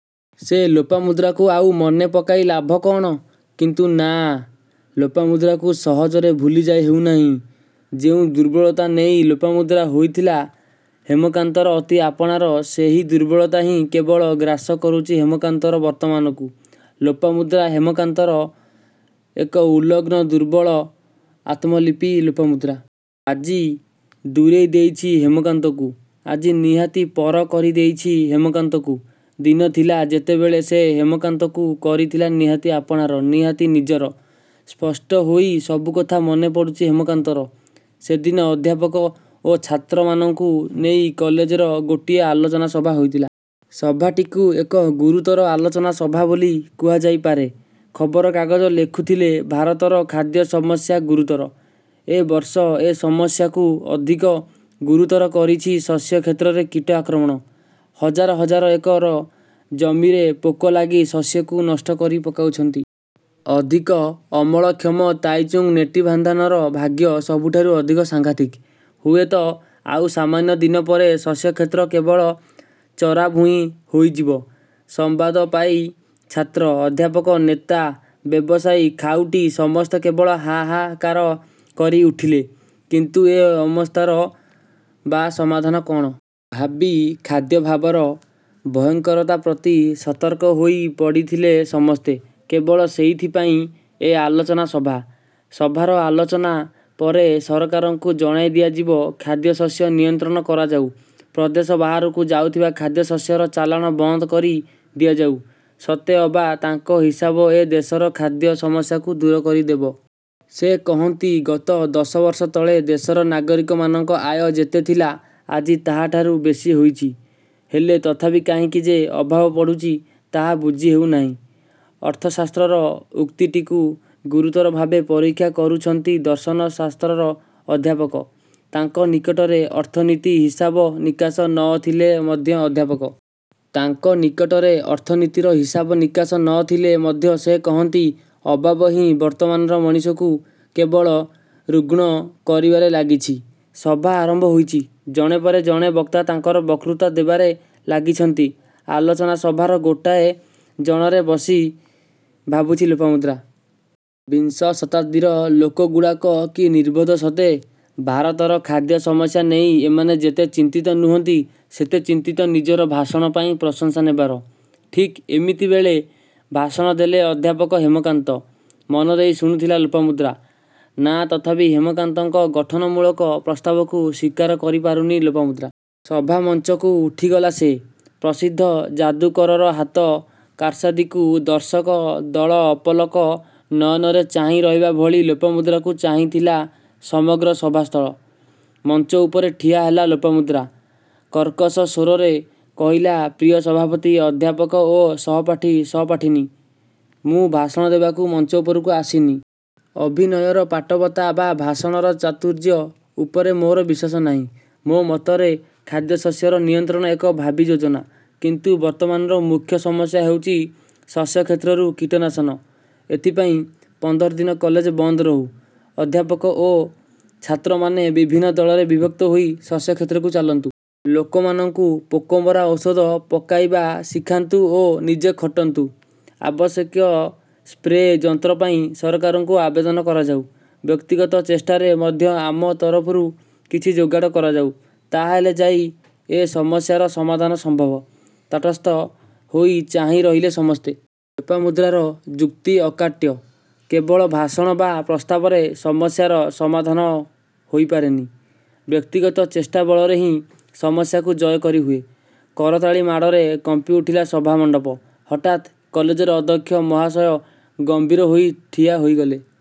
ସେ ଲୋପାମୁଦ୍ରାକୁ ଆଉ ମନେ ପକାଇ ଲାଭ କ'ଣ? କିନ୍ତୁ। ନାଁ ଲୋପାମୁଦ୍ରାକୁ ସହଜରେ ଭୁଲିଯାଇ ହେଉନାହିଁ। ଯେଉଁ ଦୁର୍ବଳତା ନେଇ ଲୋପାମୁଦ୍ରା ହୋଇଥିଲା ହେମକାନ୍ତର ଅତି ଆପଣାର-ସେହି ଦୁର୍ବଳତା ହିଁ କେବଳ ଗ୍ରାସ କରୁଛି ହେମକାନ୍ତର ବର୍ତ୍ତମାନକୁ। ଲୋପାମୁଦ୍ରା ହେମକାନ୍ତର ଏକ ଉଲଗ୍ନ ଦୁର୍ବଳ ଆତ୍ମଲିପି ଲୋପାମୁଦ୍ରା। ଆଜି ଦୂରେଇ ଦେଇଛି ହେମକାନ୍ତକୁ। ଆଜି ନିହାତି ପର କରି ଦେଇଛି ହେମକାନ୍ତକୁ। ଦିନ ଥିଲା-ଯେତେବେଳେ ସେ ହେମକାନ୍ତକୁ କରିଥିଲା ନିହାତି ଆପଣାର ନିହାତି ନିଜର। ସ୍ପଷ୍ଟ ହୋଇ ସବୁକଥା ମନେପଡ଼ୁଛି ହେମକାନ୍ତର। ସେଦିନ ଅଧ୍ୟାପକ ଓ ଛାତ୍ରମାନଙ୍କୁ ନେଇ କଲେଜରେ ଗୋଟିଏ ଆଲୋଚନା ସଭା ହୋଇଥିଲା। ସଭାଟିକୁ ଏକ ଗୁରୁତର ଆଲୋଚନା ସଭା ବୋଲି କୁହାଯାଇପାରେ। ଖବର କାଗଜ ଲେଖୁଥିଲେ-ଭାରତର ଖାଦ୍ୟ ସମସ୍ୟା ଗୁରୁତର। ଏ ବର୍ଷ ଏ ସମସ୍ୟାକୁ ଅଧିକ ଗୁରୁତର କରିଛି ଶସ୍ୟ କ୍ଷେତ୍ରରେ କୀଟ ଆକ୍ରମଣ। ହଜାର ହଜାର ଏକର ଜମିରେ ପୋକ ଲାଗି ଶସ୍ୟକୁ ନଷ୍ଟ କରି ପକାଉଛନ୍ତି। ଅଧିକ ଅମଳକ୍ଷମ ତାଇଚୁଙ୍ଗ୍ ନେଟିଭ୍ୱାନ୍ଧାନର ଭାଗ୍ୟ ସବୁଠାରୁ ଅଧିକ ସାଂଘାତିକ୍। ହୁଏତ ଆଉ ସାମାନ୍ୟ ଦିନ ପରେ ଶସ୍ୟକ୍ଷେତ୍ର କେବଳ ଚରାଭୂଇଁ ହୋଇଯିବ। ସମ୍ବାଦ ପାଇ ଛାତ୍ର, ଅଧ୍ୟାପକ, ନେତା, ବ୍ୟବସାୟୀ, ଖାଉଟୀ, ସମସ୍ତେ କେବଳ ହା-ହା-କାର କରି ଉଠିଲେ। କିନ୍ତୁ ଏ ଅମସ୍ଥାର ବା ସମାଧାନ କ'ଣ? ଭାବୀ ଖାଦ୍ୟାଭାବର ଭୟଙ୍କରତା ପ୍ରତି ସତର୍କ ହୋଇ ପଡ଼ିଥିଲେ ସମସ୍ତେ। କେବଳ ସେଇଥିପାଇଁ ଏ ଆଲେଚନା ସଭା-। ସଭାର ଆଲୋଚନା ପରେ ସରକାରଙ୍କୁ ଜଣାଇ ଦିଆଯିବ-ଖାଦ୍ୟଶସ୍ୟ ନିୟନ୍ତ୍ରଣ କରାଯାଉ। ପ୍ରଦେଶ ବାହାରକୁ ଯାଉଥିବା ଖାଦ୍ୟଶସ୍ୟର ଚାଲାଣ ବନ୍ଦ କରି ଦିଆଯାଉ। ସତେ ଅବା ତାଙ୍କ ହିସାବ ଏ ଦେଶର ଖାଦ୍ୟ ସମସ୍ୟାକୁ ଦୂର କରି ଦେବ। ସେ କହନ୍ତି ଗତ ଦଶ ବର୍ଷ ତଳେ ଦେଶର ନାଗରିକମାନଙ୍କ ଆୟ ଯେତେ ଥିଲା, ଆଜି ତାହାଠାରୁ ବେଶୀ ହୋଇଛି। ହେଲେ ତଥାପି କାହିଁକି ଯେ ଅଭାବ ପଡ଼ୁଛି-ତାହା ବୁଝି ହେଉନାହିଁ। ଅର୍ଥଶାସ୍ତ୍ରର ଉକ୍ତିଟିକୁ ଗୁରୁତର ଭାବେ ପରୀକ୍ଷା କରୁଛନ୍ତି ଦର୍ଶନ ଶାସ୍ତ୍ରର ଅଧ୍ୟାପକ। ତାଙ୍କ ନିକଟରେ ଅର୍ଥନୀତିୀ ହିସାବ ନିକାସ ନ ଥିଲେ ମଧ୍ୟ ଅଧ୍ୟାପକ। ତାଙ୍କ ନିକଟରେ ଅର୍ଥନୀତିର ହିସାବ ନିକାସ ନ ଥିଲେ ମଧ୍ୟ ସେ କହନ୍ତି ଅଭାବ ହିଁ ବର୍ତ୍ତମାନର ମଣିଷକୁ କେବଳ ରୁଗ୍ଣ କରିବାରେ ଲାଗିଛି। ସଭା ଆରମ୍ଭ ହୋଇଛି ଜଣ ପରେ ଜଣେ ବକ୍ତା ତାଙ୍କର ବକ୍ତୃତା ଦେବାରେ ଲାଗଛନ୍ତି ଆଲୋଚନା ସଭାର ଗୋଟାଏ ଜଣରେ ବସି ଭାବୁଛି ଲୋପାମୁଦ୍ରା। ''ବିଂଶ ଶତାବ୍ଦୀର ଲୋକଗୁଡ଼ାକ କି ନିର୍ବୋଧ ସତେ! ଭାରତର ଖାଦ୍ୟ ସମସ୍ୟା ନେଇ ଏମାନେ ଯେତେ ଚିନ୍ତିତ ନୁହଁନ୍ତି ସେତେ ଚିନ୍ତିତ ନିଜର ଭାଷଣ ପାଇଁ ପ୍ରଶଂସା ନେବାର। '' ଠିକ୍ ଏମିତିବେଳେ ଭାଷଣ ଦେଲେ ଅଧ୍ୟାପକ ହେମକାନ୍ତ। ମନ ଦେଇ ଶୁଣୁଥିଲା ଲୋପାମୁଦ୍ରା। ନାଁ ତଥାପି ହେମକାନ୍ତଙ୍କ ଗଠନମୂଳକ ପ୍ରସ୍ତାବକୁ ସ୍ୱୀକାର କରିପାରୁନି ଲୋପାମୁଦ୍ରା। ସଭାମଞ୍ଚକୁ ଉଠିଗଲା ସେ। ପ୍ରସିଦ୍ଧ ଯାଦୁକରର ହାତ କାରସାଦିକୁ ଦର୍ଶକ ଦଳ ଅପଲକ ନୟନରେ ଚାହିଁ ରହିବା ଭଳି ଲୋପାମୁଦ୍ରାକୁ ଚାହିଁଥିଲା ସମଗ୍ର ସଭାସ୍ଥଳ। ମଞ୍ଚଉପରେ ଠିଆ ହେଲା ଲୋପାମୁଦ୍ରା। କର୍କଶ ସ୍ୱରରେ କହିଲା-''ପ୍ରିୟ ସଭାପତି, ଅଧ୍ୟାପକ ଓ ସହପାଠୀ, ସହପାଠିନୀ। ମୁଁ ଭାଷଣ ଦେବାକୁ ମଞ୍ଚ ଉପରକୁ ଆସିନି। ଅଭିନୟର ପାଟବତା ବା ଭାଷଣର ଚାତୁର୍ଯ୍ୟ ଉପରେ ମୋର ବିଶ୍ୱାସ ନାହିଁ। ମୋ ମତରେ ଖାଦ୍ୟଶସ୍ୟର ନିୟନ୍ତ୍ରଣ ଏକ ଭାବୀ ଯୋଜନା। କିନ୍ତୁ ବର୍ତ୍ତମାନର ମୁଖ୍ୟ ସମସ୍ୟା ହେଉଛି ଶସ୍ୟକ୍ଷେତ୍ରରୁ କୀଟନାଶନ। ଏଥିପାଇଁ ପନ୍ଦର ଦିନ କଲେଜ ବନ୍ଦ ରହୁ। ଅଧ୍ୟାପକ ଓ ଛାତ୍ରମାନେ ବିଭିନ୍ନ ଦଳରେ ବିଭକ୍ତ ହୋଇ ଶସ୍ୟକ୍ଷେତ୍ରକୁ ଚାଲନ୍ତୁ। ଲୋକମାନଙ୍କୁ ପୋକମରା ଔଷଧ ପକାଇବା ଶିଖାନ୍ତୁ ଓ ନିଜେ ଖଟନ୍ତୁ। ଆବଶ୍ୟକୀୟ ସ୍ପ୍ରେ ଯନ୍ତ୍ରପାଇଁ ସରକାରଙ୍କୁ ଆବେଦନ କରାଯାଉ। ବ୍ୟକ୍ତିଗତ ଚେଷ୍ଟାରେ ମଧ୍ୟ ଆମ ତରଫରୁ କିଛି ଯୋଗାଡ଼ କରାଯାଉ। ତା' ହେଲେ ଯାଇ ଏ ସମସ୍ୟାର ସମାଧାନ ସମ୍ଭବ। '' ତଟସ୍ଥ ହୋଇ ଚାହିଁ ରହିଲେ ସମସ୍ତେ। ଲୋପାମୁଦ୍ରାର ଯୁକ୍ତି ଅକାଟ୍ୟ। କେବଳ ଭାଷଣ ବା ପ୍ରସ୍ତାବରେ ସମସ୍ୟାର ସମାଧାନ ହୋଇପାରେନି। ବ୍ୟକ୍ତିଗତ ଚେଷ୍ଟା ବଳରେ ହିଁ ସମସ୍ୟାକୁ ଜୟ କରି ହୁଏ। କରତାଳି ମାଡ଼ରେ କମ୍ପିଉଠିଲା ସଭା ମଣ୍ଡପ। ହଠାତ୍ କଲେଜର ଅଧ୍ୟକ୍ଷ ମହାଶୟ ଗମ୍ଭୀର ହୋଇ ଠିଆ ହୋଇଗଲେ।